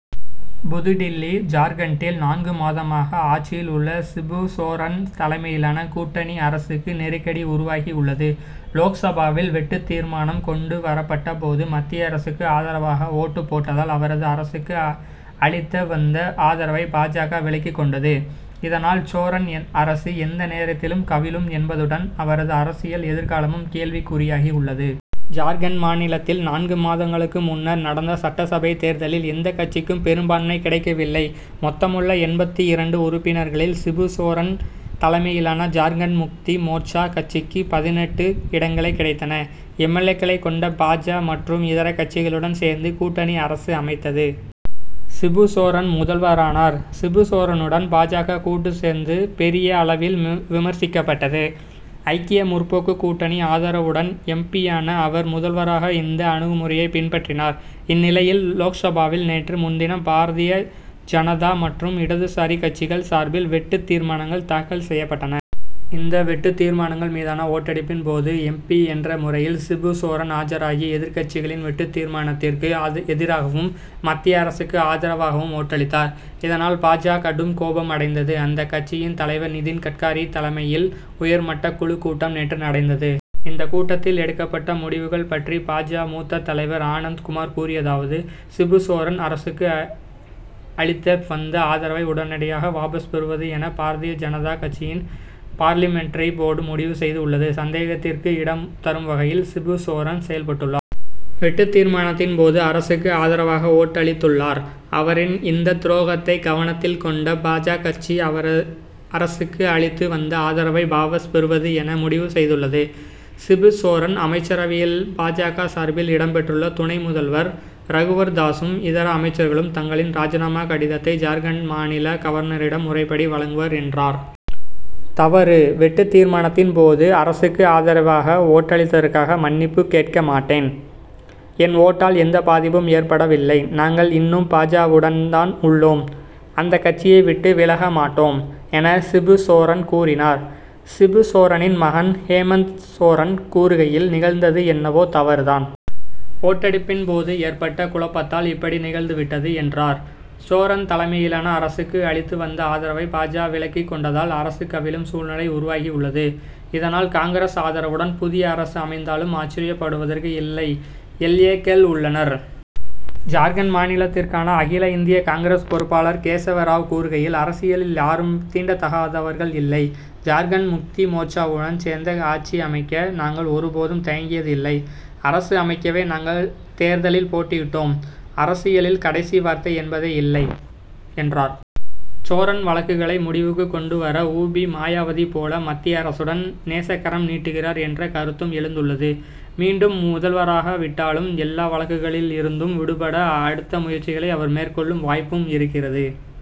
புதுடில்லி ஜார்க்கண்டில் நான்கு மாதமாக ஆட்சியில் உள்ள சிபு சோரன் தலைமையிலான கூட்டணி அரசுக்கு நெருக்கடி உருவாகியுள்ளது. லோக்சபாவில் வெட்டுத் தீர்மானம் கொண்டு வரப்பட்டபோது மத்திய அரசுக்கு ஆதரவாக ஓட்டுப் போட்டதால் அவரது அரசுக்கு அளித்து வந்த ஆதரவை பா. ஜ. விலக்கிக் கொண்டது. இதனால் சோரன் அரசு எந்த நேரத்திலும் கவிழும் என்பதுடன் அவரது அரசியல் எதிர்காலமும் கேள்விக்குறியாகி உள்ளது. ஜார்க்கண்ட் மாநிலத்தில் நான்கு மாதங்களுக்கு முன்னர் நடந்த சட்டசபைத் தேர்தலில் எந்தக் கட்சிக்கும் பெரும் பான்மை கிடைக்கவில்லை. மொத்தமுள்ள எண்பத்து இரண்டு உறுப்பினர்களில் சிபு சோரன் தலைமையிலான ஜார்க்கண்ட் முக்தி மோர்ச்சா கட்சிக்கு பதினெட்டு இடங்களே கிடைத்தன. எல். ஏ.க்களைக் கொண்ட பா. ஜ. மற்றும் இதர கட்சிகளுடன் சேர்ந்து கூட்டணி அரசு அமைத்தது. சிபு சோரன் முதல்வரானார். சிபு சோரனுடன் பா. ஜ. கூட்டு சேர்ந்தது பெரிய அளவில் விமர்சிக்கப்பட்டது. ஐக்கிய முற்போக்கு கூட்டணி ஆதரவுடன் எம். பி.யான அவர் முதல்வராக இந்த அணுகுமுறையைப் பின்பற்றினார். இந்நிலையில் லோக்சபாவில் நேற்று முன்தினம் பாரதிய ஜனதா மற்றும் இடதுசாரி கட்சிகள் சார்பில் வெட்டுத் தீர்மானங்கள் தாக்கல் செய்யப் பட்டன. இந்த வெட்டுத் தீர்மானங்கள் மீதான ஓட்டெடுப்பின் போது எம். பி. என்ற முறையில் சிபு சோரன் ஆஜராகி எதிர்க் கட்சிகளின் வெட்டுத் தீர்மானத்திற்கு எதிராகவும் மத்திய அரசுக்கு ஆதரவாகவும் ஓட்டளித்தார். இதனால் பா. ஜ. கடும் கோபம் அடைந்தது. அந்தக் கட்சியின் தலைவர் நிதின் கட்காரி தலைமையில் உயர் மட்டக் குழு கூட்டம் நேற்று நடந்தது. இந்தக் கூட்டத்தில் எடுக்கப்பட்ட முடிவுகள் பற்றி பா. ஜ. மூத்த தலைவர் ஆனந்த் குமார் கூறியதாவது சிபு சோரன் அரசுக்கு அளித்து வந்த ஆதரவை உடனடியாக வாபஸ் பெறுவது என பாரதிய ஜனதா கட்சியின் பார்லிமென்டரி போர்டு முடிவு செய்து உள்ளது. சந்தேகத்திற்கு இடம் தரும் வகையில் சிபு சோரன் செயல்பட்டுள்ளார். வெட்டுத் தீர்மானத்தின் போது அரசுக்கு ஆதரவாக ஓட்டளித்துள்ளார். அவரின் இந்தத் துரோகத்தை கவனத்தில் கொண்ட பா. ஜ. கட்சி அவரது அரசுக்கு அளித்து வந்த ஆதரவை வாபஸ் பெறுவது என முடிவு செய்துள்ளது. சிபு சோரன் அமைச்சரவையில் பா. ஜ.க சார்பில் இடம் பெற்றுள்ள துணை முதல்வர் ரகுவர் தாசும் இதர அமைச்சர்களும் தங்களின் ராஜினாமா கடிதத்தை ஜார்க்கண்ட் மாநில கவர்னரிடம் முறைப்படி வழங்குவர் என்றார். தவறு வெட்டுத் தீர்மானத்தின் போது அரசுக்கு ஆதரவாக ஓட்டளித்ததற்காக மன்னிப்பு கேட்க மாட்டேன். என் ஓட்டால் எந்தப் பாதிப்பும் ஏற்படவில்லை. நாங்கள் இன்னும் பா. ஜ.வுடன் தான் உள்ளோம். அந்தக் கட்சியை விட்டு விலகமாட்டோம் என சிபு சோரன் கூறினார். சிபு சோரனின் மகன் ஹேமந்த் சோரன் கூறுகையில் நிகழ்ந்தது என்னவோ தவறு தான். ஓட்டெடுப்பின் போது ஏற்பட்ட குழப்பத்தால் இப்படி நிகழ்ந்து விட்டது என்றார். சோரன் தலைமையிலான அரசுக்கு அளித்து வந்த ஆதரவை பா. ஜ. விலக்கிக் கொண்டதால் அரசு கவிழும் சூழ்நிலை உருவாகியுள்ளது. இதனால் காங்கிரஸ் ஆதரவுடன் புதிய அரசு அமைந்தாலும் ஆச்சர்யப்படுவதற்கு இல்லை. எல். ஏ.க்கள் உள்ளனர். ஜார்க்கண்ட் மாநிலத்திற்கான அகில இந்திய காங்கிரஸ் பொறுப்பாளர் கேசவ ராவ் கூறுகையில் அரசியலில் யாரும் தீண்டத்தகாதவர்கள் இல்லை. ஜார்க்கண்ட் முக்தி மோர்ச்சாவுடன் சேர்ந்து ஆட்சி அமைக்க நாங்கள் ஒரு போதும் தயங்கியதில்லை. அரசு அமைக்கவே நாங்கள் தேர்தலில் போட்டியிட்டோம். அரசியலில் கடைசி வார்த்தை என்பதே இல்லை என்றார். சோரன் வழக்குகளை முடிவுக்கு கொண்டு வர உ. பி. மாயாவதி போல மத்திய அரசுடன் நேசக்கரம் நீட்டுகிறார் என்ற கருத்தும் எழுந்துள்ளது. மீண்டும் முதல்வராகா விட்டாலும் எல்லா வழக்குகளில் இருந்தும் விடுபட அடுத்த முயற்சிகளை அவர் மேற்கொள்ளும் வாய்ப்பும் இருக்கிறது.